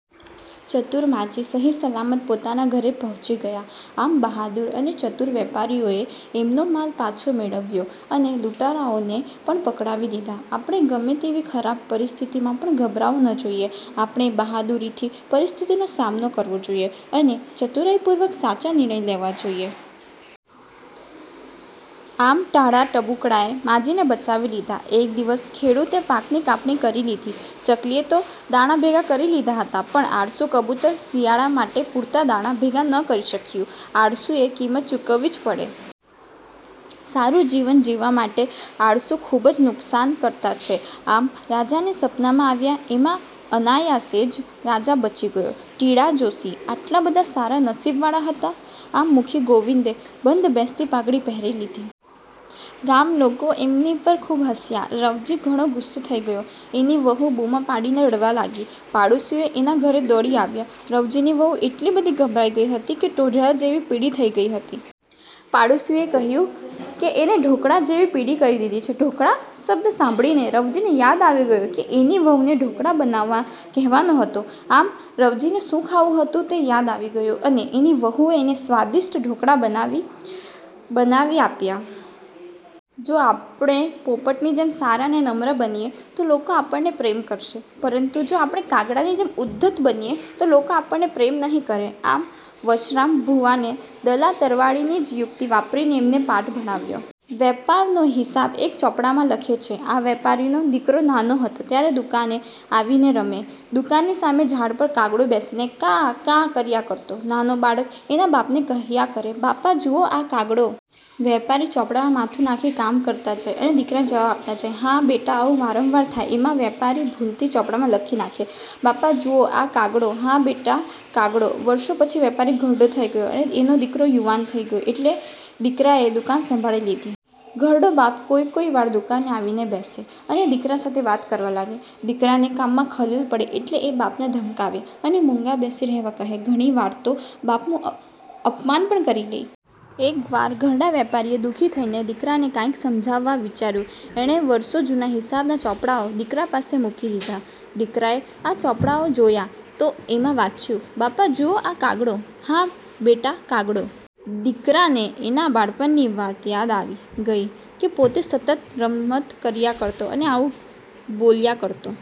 ચતુર માજી સહી-સલામત પોતાને ઘરે પહોંચી ગયા. આમ બહાદુર અને ચતુર વેપારીઓએ એમનો માલ પાછો મેળવ્યો અને લૂંટારાઓને પણ પકડાવી દીધા. આપણે ગમે તેવી ખરાબ પરિસ્થિતિમાં પણ ગભરાવું ન જોઈએ. આપણે બહાદુરીથી પરિસ્થિતિનો સામનો કરવો જોઈએ અને ચતુરાઈપૂર્વક સાચા નિર્ણય લેવા જોઈએ. આમ ટાઢા ટબુકડાએ માજીને બચાવી લીધાં! એક દિવસ ખેડૂતે પાકની કાપણી કરી લીધી. ચકલીએ તો દાણા ભેગા કરી લીધા હતા પણ આળસુ કબૂતર શિયાળા માટે પૂરતા દાણા ભેગા ન કરી શક્યું. આળસુએ કિંમત ચુકવવી જ પડે! સારું જીવન જીવવા માટે આળસ ખુબ જ નુકસાનકર્તા છે. આમ રાજાને સપનાં આવ્યાં એમાં અનાયાસે જ રાજા બચી ગયો! ટીડા જોશી આટલા બધા સારા નસીબવાળા હતા! આમ મુખી ગોવિંદે "બંધ બેસતી પાઘડી પહેરી લીધી"! ગામ લોકો એમની પર ખુબ હસ્યા. રવજી ઘણો ગુસ્સે થઇ ગયો. એની વહુ બૂમો પાડીને રડવા લાગી. પાડોશીઓ એના ઘરે દોડી આવ્યા. રવજીની વહુ એટલી બધી ગભરાઈ ગઈ હતી કે ઢોકળા જેવી પીળી થઇ ગઈ હતી! પાડોશીઓએ એને કહ્યું કે એને "ઢોકળા" જેવી પીળી કરી દીધી છે. "ઢોકળા" શબ્દ સાંભળીને રવજીને યાદ આવી ગયું કે એ એની વહુને ઢોકળા બનાવવા કહેવાનો હતો! આમ રવજીને શું ખાવું હતું તે યાદ આવી ગયું અને એની વહુએ એને સ્વાદિષ્ટ ઢોકળા બનાવી આપ્યાં! જો આપણે પોપટની જેમ સારા અને નમ્ર બનીએ તો લોકો આપણને પ્રેમ કરશે. પરંતુ જો આપણે કાગડાની જેમ ઉદ્ધત બનીએ તો લોકો આપણને પ્રેમ નહિ કરે. આમ વશરામ ભુવાએ દલા તરવાડીની જ યુક્તિ વાપરીને એમને પાઠ ભણાવ્યો. વેપારનો હિસાબ એક ચોપડામાં લખે. આ વેપારીનો દીકરો નાનો હતો ત્યારે દુકાને આવીને રમે. દુકાનની સામે ઝાડ પર કાગડો બેસીને કા.. કા કર્યા કરતો. નાનો બાળક એના બાપને કહ્યા કરે: "બાપા જુઓ આ કાગડો.. " વેપારી ચોપડામાં માથું નાખી કામ કરતા જાય અને દીકરાને જવાબ આપતા જાય: "હા બેટા આવું વારંવાર થાય એમાં વેપારી ભૂલથી ચોપડામાં લખી નાખે: "બાપા જુઓ આ કાગડો.. હા બેટા કાગડો" વર્ષો પછી વેપારી ઘરડો થઇ ગયો અને એનો દીકરો યુવાન થઇ ગયો એટલે દીકરાએ દુકાન સંભાળી લીધી. ઘરડો બાપ કોઈ કોઈ વાર દુકાને આવીને બેસે અને દીકરા સાથે વાત કરવા લાગે. દીકરાને કામમાં ખલેલ પડે એટલે એ બાપને ધમકાવે અને મુંગા બેસી રહેવા કહે. ઘણી વાર તો બાપનું અપમાન પણ કરી લે. એક વાર ઘરડા વેપારીએ દુઃખી થઈને દીકરાને કાંઇક સમજાવવા વિચાર્યું. એણે વર્ષો જુના હિસાબના ચોપડાઓ દીકરા પાસે મૂકી દીધા. દીકરાએ આ ચોપડાઓ જોયા તો એમાં વાંચ્યું: "બાપા જુઓ આ કાગડો.. હા બેટા કાગડો". દીકરાને એના બાળપણની વાત યાદ આવી ગઈ કે પોતે સતત રમત કર્યા કરતો અને આવું બોલ્યા કરતો।